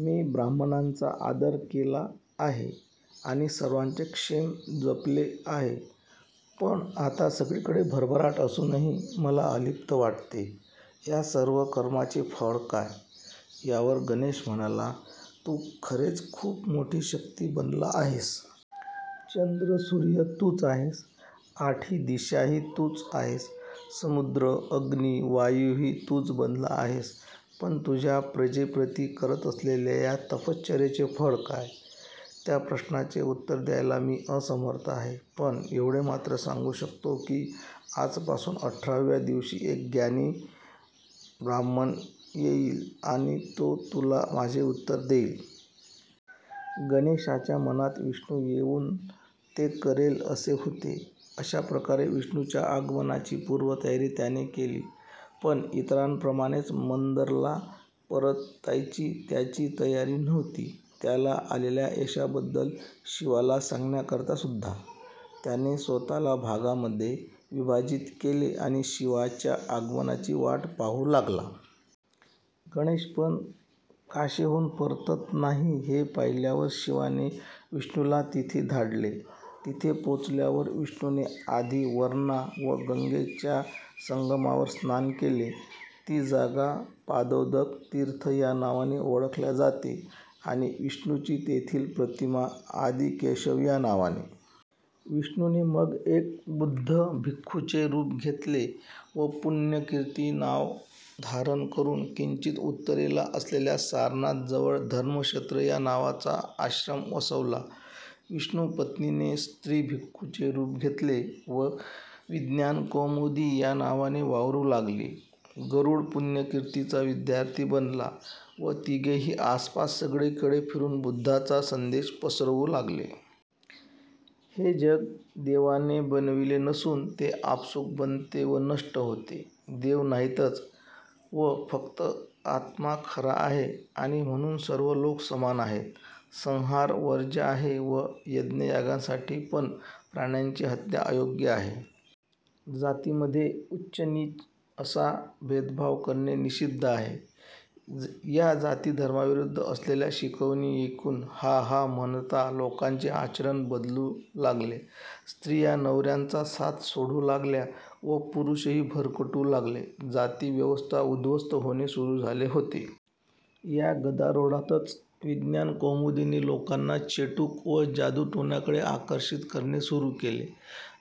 मी ब्राह्मणांचा आदर केला आहे आणि सर्वांचे क्षेम जपले आहे. पण आता सगळीकडे भरभराट असुनही मला अलिप्त वाटते. या सर्व चांगल्या कर्माचे फळ काय? '' यावर गणेश म्हणाला, ''तु खरेच खूप मोठी शक्ति बनला आहेस. चंद्र-सुर्य तूच आहेस, आठी दिशाही तूच आहेस. समुद्र, अग्नि, वायुही तूच बनला आहेस. पण तुझ्या प्रजेप्रती करत असलेल्या या तपश्चर्येचे फळ काय? त्या प्रश्नाचे उत्तर द्यायला मी असमर्थ आहे, पण येवढे मात्र मी सांगु शकतो की आजपासुन अठराव्या दिवशी एक ज्ञानी ब्रह्मण येईल आणि तो तुला तुझे उत्तर देईल''. गणेशाच्या मनात विष्णु येऊन ते करेल असे होते. अशाप्रकारे विष्णुच्या आगमनाची पुर्वतयारी त्याने केली. पण इतरांप्रमाणेच मंदरला परतायची त्याची तयारी नव्हती, त्याला आलेल्या यशाबद्दल शिवाला सांगण्याकरता सुद्धा. त्याने स्वत:ला भागांमधे विभाजीत केले आणि शिवाच्या आगमनाची वाट पाहु लागला. गणेशपण काशीहुन परतत नाही हे पाहिल्यावर शिवाने विष्णुला तिथे धाडले. तिथे पोचल्यावर विष्णुने आधी वरना व गंगेच्या संगमावर स्नान केले. ती जागा पादोदक तिर्थ या नावाने ओळखल्या जाते व विष्णुची तेथील प्रतीमा आदिकेशव या नावाने. विष्णुने मग एका बुद्ध भिख्खुचे रूप घेतले व पुण्यकिर्ती हे नाव धारण करुन किंचीत उत्तरेला असलेल्या सारनाथजवळ धर्मक्षेत्र या नावाचा आश्रम वसवला. विष्णुपत्नीने स्त्री-भिख्खुचे रूप घेतले व विज्ञानकौमुदी या नावाने वावरु लागली. गरुड पुण्यकिर्तीचा विद्यार्थी बनला व तिघेही आसपास सगळीकडे फिरुन बुद्धाचा संदेश पसरवु लागले. 'हे जग देवाने बनविले नसुन ते आपसुक बनते व नष्ट होते. देव नाहीतच व फक्त आत्मा खरा आहे आणि म्हणुन सर्व लोक समान आहेत. संहार वर्ज्य आहे व यज्ञयागांसाठी पण प्राण्यांची हत्या अयोग्य आहे. जातींमधे उच्च-निच असा भेदभाव करणे निशिद्ध आहे'. या जातीधर्माविरुद्ध असलेल्या शिकवणी ऐकुन हा-हा म्हणता लोकांचे आचरण बदलु लागले. स्त्रीया नवऱ्यांचा साथ सोडु लागल्या व पुरुषही भरकटु लागले. जातीव्यवस्था उध्वस्त होणे सुरु झाले होते. या गदारोळातच विज्ञानकौमुदीने लोकांना चेटुक व जादुटोण्याकडे आकर्षीत करणे सुरु केले.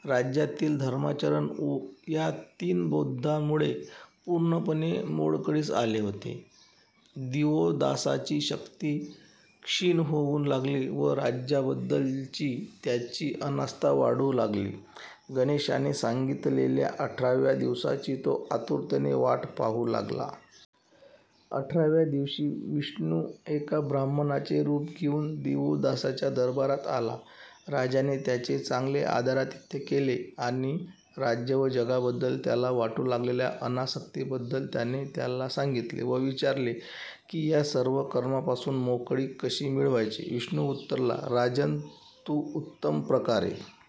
राज्यातील धर्माचरण या तीन बौद्धांमुळे पुर्णपणे मोडकळीस आले होते. दिवोदासाची शक्ति क्षीण होऊ लागली व राज्याबद्दलची त्याची अनास्था वाढु लागली. गणेशाने सांगीतलेल्या अठराव्या दिवसाची तो आतुरतेने वाट पाहु लागला. अठराव्या दिवशी विष्णु एका ब्राह्मणाचे रूप घेऊन दिवोदासाच्या दरबारात आला. राजाने त्याचे चांगले आदरातिथ्य केले आणि राज्य व जगाबद्दल त्याला वाटु लागलेल्या अनासक्तीबद्दल त्याने त्याला सांगीतले व विचारले की या सर्व कर्मापासुन मोकळीक कशी मिळवायची. विष्णु उतरला, 'राजन, तु उत्तम प्रकारे